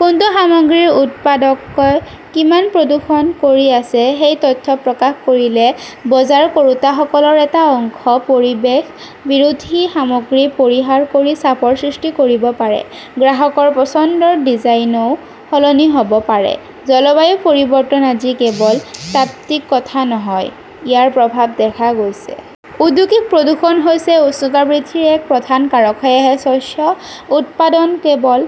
কোনটো সামগ্ৰীৰ উৎপাদকই কিমান প্ৰদূষণ কৰি আছে সেই তথ্য প্ৰকাশ কৰিলে বজাৰ কৰোঁতাসকলৰ এটা অংশই পৰিৱেশ-বিৰোধী সামগ্ৰী পৰিহাৰ কৰি চাপৰ সৃষ্টি কৰিব পাৰে। গ্ৰাহকৰ পচন্দৰ ডিজাইনও সলনি হ "ব পাৰে। জলবায়ু পৰিৱৰ্তন আজি কেৱল তাত্ত্বিক কথা নহয়, ইয়াৰ প্ৰভাৱ দেখা গৈছে। ঔদ্যোগিক প্ৰদূষণ হৈছে উষ্ণতা বৃদ্ধিৰ এক প্ৰধান কাৰক, সেয়েহে স্বচ্ছ উৎপাদন কেৱল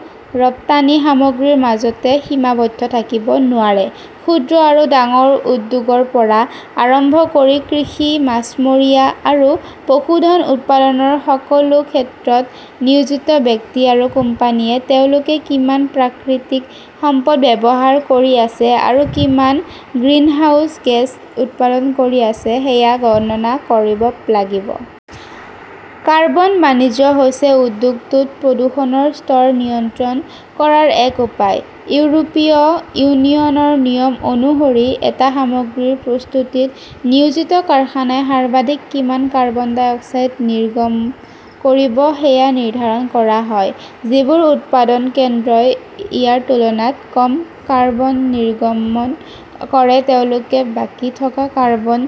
ৰপ্তানি সামগ্ৰীৰ মাজতে সীমাবদ্ধ থাকিব নোৱাৰে। ক্ষুদ্ৰ আৰু ডাঙৰ উদ্যোগৰ পৰা আৰম্ভ কৰি কৃষি, মাছমৰীয়া আৰু পশুধন উৎপাদনৰ সকলো ক্ষেত্ৰত নিয়োজিত ব্যক্তি আৰু কোম্পানীয়ে তেওঁলোকে কিমান প্ৰাকৃতিক সম্পদ ব্যৱহাৰ কৰি আছে আৰু কিমান গ্ৰিনহাউজ গেছ উৎপাদন কৰি আছে সেয়া গণনা কৰিব লাগিব। কাৰ্বন বাণিজ্য হৈছে উদ্যোগটোত প্ৰদূষণৰ স্তৰ নিয়ন্ত্ৰণ কৰাৰ এক উপায়। ইউৰোপীয় ইউনিয়নৰ নিয়ম অনুসৰি, এটা সামগ্ৰীৰ প্ৰস্তুতিত নিয়োজিত কাৰখানাই সৰ্বাধিক কিমান কাৰ্বন ডাই অক্সাইড নিৰ্গমন কৰিব সেয়া নিৰ্ধাৰণ কৰা হয়। যিবোৰ উৎপাদন কেন্দ্ৰই ইয়াৰ তুলনাত কম কাৰ্বন নিৰ্গমন কৰে তেওঁলোকে বাকী থকা 'কাৰ্বন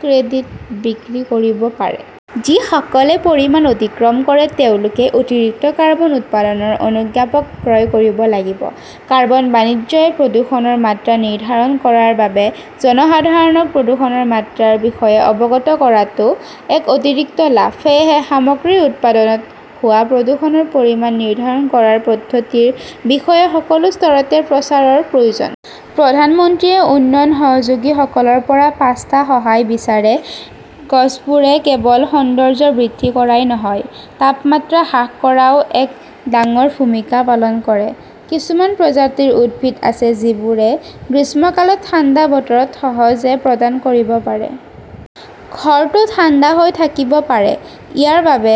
ক্ৰেডিট "বিক্ৰী কৰিব পাৰে। যিসকলে পৰিমাণ অতিক্ৰম কৰে তেওঁলোকে অতিৰিক্ত কাৰ্বন উৎপাদনৰ অনুজ্ঞাপত্ৰ ক্ৰয় কৰিব লাগিব। 'কাৰ্বন বাণিজ্য "-এ প্ৰদূষণৰ মাত্ৰা নিৰ্ধাৰণ কৰাৰ বাবে জনসাধাৰণক প্ৰদূষণৰ মাত্ৰাৰ বিষয়ে অৱগত কৰাটো এক অতিৰিক্ত লাভ। সেয়েহে সামগ্ৰীৰ উৎপাদনত হোৱা প্ৰদূষণৰ পৰিমাণ নিৰ্ধাৰণ কৰাৰ পদ্ধতিৰ বিষয়ে সকলো স্তৰতে প্ৰচাৰৰ প্ৰয়োজন। প্ৰধানমন্ত্ৰীয়ে উন্নয়ন সহযোগীসকলৰ পৰা পাঁচটা সহায় বিচাৰে গছবোৰে কেৱল সৌন্দৰ্য্য বৃদ্ধি কৰাই নহয়, তাপমাত্ৰা হ্ৰাস কৰাতও এক ডাঙৰ ভূমিকা পালন কৰে। কিছুমান প্ৰজাতিৰ উদ্ভিদ আছে যিবোৰে গ্ৰীষ্মকালত ঠাণ্ডা বতৰত সহজে প্ৰদান কৰিব পাৰে। ঘৰটো ঠাণ্ডা হৈ থাকিব পাৰে। ইয়াৰ বাবে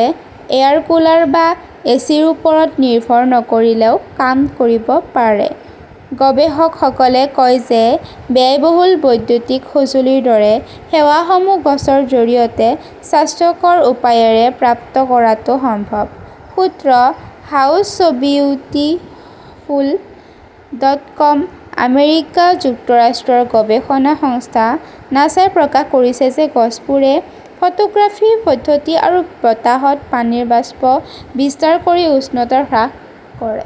এয়াৰকুলাৰ বা এচিৰ ওপৰত নিৰ্ভৰ নকৰিলেও কাম কৰিব পাৰে। গৱেষকসকলে কয় যে ব্যয়বহুল বৈদ্যুতিক সঁজুলিৰ দৰে সেৱাসমূহ গছৰ জৰিয়তে স্বাস্থ্যকৰ উপায়েৰে প্ৰাপ্ত কৰাটো সম্ভৱ। সূত্ৰঃ হাউছবিউটিফুল ডট কম আমেৰিকা যুক্তৰাষ্ট্ৰৰ গৱেষণা সংস্থা নাছাই প্ৰকাশ কৰিছে যে গছবোৰে ফটোগ্ৰাফী পদ্ধতি আৰু বতাহত পানীৰ বাষ্প বিস্তাৰ কৰি উষ্ণতা হ্ৰাস কৰে।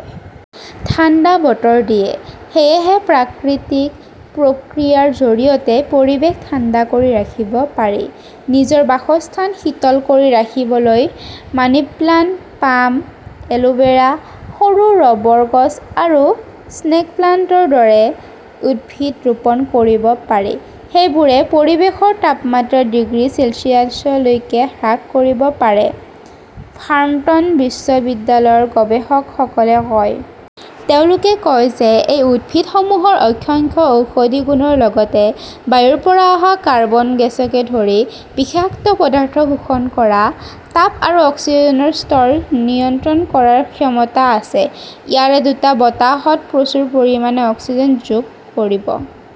ঠাণ্ডা বতৰ দিয়ে। সেয়েহে প্ৰাকৃতিক প্ৰক্ৰিয়াৰ জৰিয়তে পৰিৱেশ ঠাণ্ডা কৰি ৰাখিব পাৰি। নিজৰ বাসস্থান শীতল কৰি ৰাখিবলৈ মানিপ্লাণ্ট, পাম, এলোভেৰা, সৰু ৰবৰ গছ আৰু স্নেকপ্লাণ্টৰ দৰে উদ্ভিদ ৰোপণ কৰিব পাৰি। এইবোৰে পৰিৱেশৰ তাপমাত্ৰা ডিগ্ৰী চেলছিয়াছলৈকে হ্ৰাস কৰিব পাৰে, ভাৰ্মণ্ট বিশ্ববিদ্যালয়ৰ গৱেষকসকলে কয়। তেওঁলোকে কয় যে এই উদ্ভিদসমূহৰ অসংখ্য ঔষধি গুণৰ লগতে বায়ুৰ পৰা অহা কাৰ্বন গেছকে ধৰি বিষাক্ত পদাৰ্থ শোষণ কৰা, তাপ আৰু অক্সিজেনৰ স্তৰ নিয়ন্ত্ৰণ কৰাৰ ক্ষমতা আছে। ইয়াৰে দুটা বতাহত প্ৰচুৰ পৰিমাণে অক্সিজেন যোগ কৰিব